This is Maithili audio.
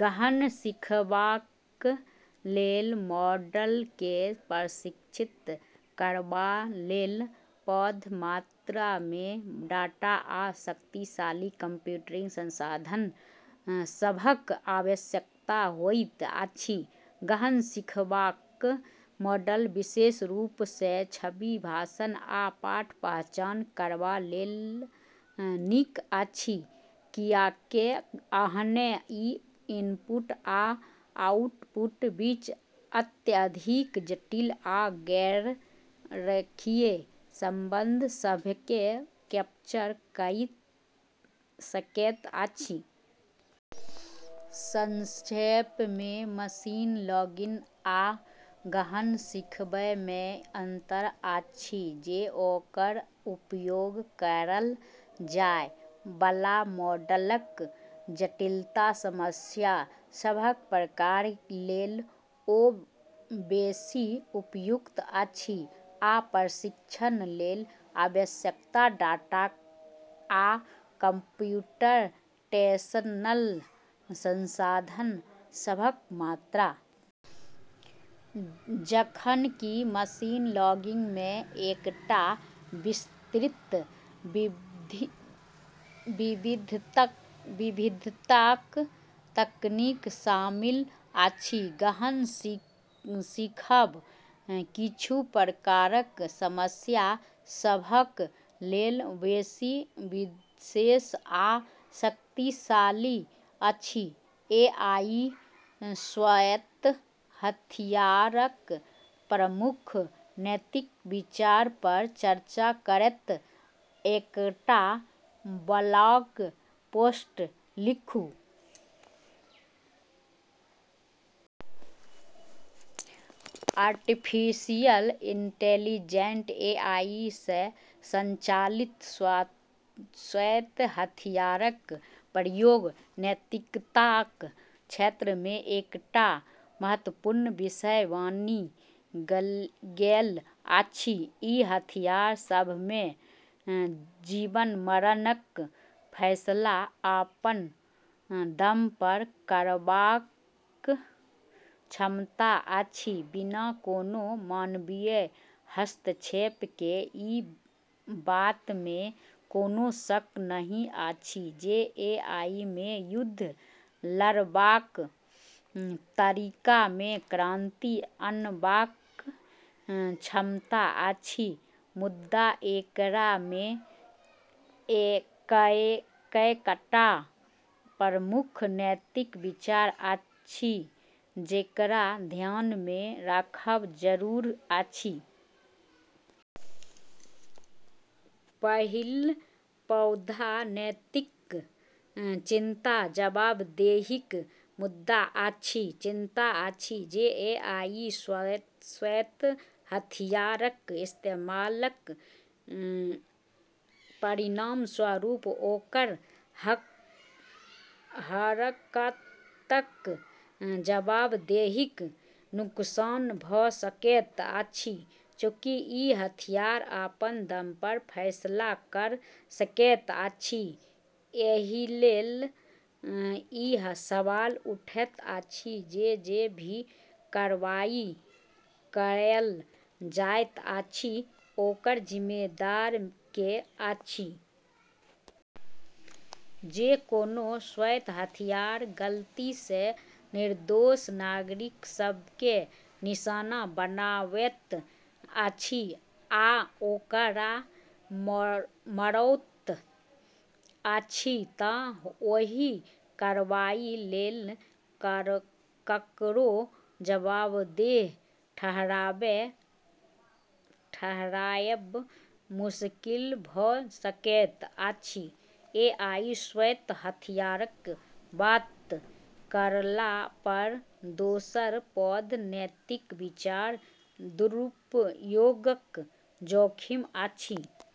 गहन सिखबाक लेल मॉडलकेँ प्रशिक्षित करबा लेल पैघ मात्रामे डाटा आ शक्तिशाली कंप्यूटिंग संसाधन सभक आवश्यकता होइत अछि। गहन सिखबाक मॉडल विशेष रूप सँ छवि, भाषण आ पाठ पहचान करबा लेल नीक अछि, कियाकअहने ई इनपुट आ आउटपुटक बीच अत्यधिक जटिल आ गैर-रेखीय संबंध सभकेँ कैप्चर कइ सकैत अछि। संक्षेपमे, मशीन लर्निंग आ गहन सिखबामे अंतर अछि जे ओकर उपयोग कएल जाए बला मॉडलक जटिलता, समस्या सभक प्रकारक लेल ओ बेसी उपयुक्त अछि, आ प्रशिक्षण लेल आवश्यक डाटा आ कम्प्यूटेशनल संसाधन सभक मात्रा। जखन कि मशीन लर्निंगमे एकटा विस्तृत विविधताक तकनीक शामिल अछि, गहन सिखब किछु प्रकारक समस्या सभक लेल बेसी विशेष आ शक्तिशाली अछि। एआई स्वायत्त हथियारक प्रमुख नैतिक विचारपर चर्चा करैत एकटा ब्लॉग पोस्ट लिखू। आर्टिफिशियल इंटेलिजेंस (एआई) सँ संचालित स्वायत्त हथियारक प्रयोग नैतिकताक क्षेत्रमे एकटा महत्वपूर्ण विषय बनि गेल अछि। ई हथियार सभमे जीवन-मरणक फैसला अपन दमपर करबाक क्षमता अछि, बिना कोनो मानवीय हस्तक्षेप केँ। ई बातमे कोनो शक नहि अछि जे एआईमे युद्ध लड़बाक तरीकामे क्रांति आनबाक क्षमता अछि, मुदा एकरामे कएकटा प्रमुख नैतिक विचार अछि जेकरा ध्यानमे राखब जरूरी अछि। पहिल पैघ नैतिक चिंता जवाबदेहीक मुद्दा अछि। चिंता अछि जे एआई स्वायत्त हथियारक इस्तेमालक परिणामस्वरूप ओकर हरकतक जवाबदेहीक नुकसान भऽ सकैत अछि। चूँकि ई हथियार अपन दमपर फैसला कइ सकैत अछि, एहिलेल ई सवाल उठैत अछि जे जे भी कार्रवाई कएल जाइत अछि ओकर जिम्मेदार के अछि। जँ कोनो स्वायत्त हथियार गलतीसँ निर्दोष नागरिक सभकेँ निशाना बनाबैत अछि आ ओकरा मारैत अछि तँ ओही कार्रवाई लेल ककरो जवाबदेह ठहराएब मुश्किल भऽ सकैत अछि। एआई स्वायत्त हथियारक बात करलापर दोसर पैघ नैतिक विचार दुरुपयोगक जोखिम अछि।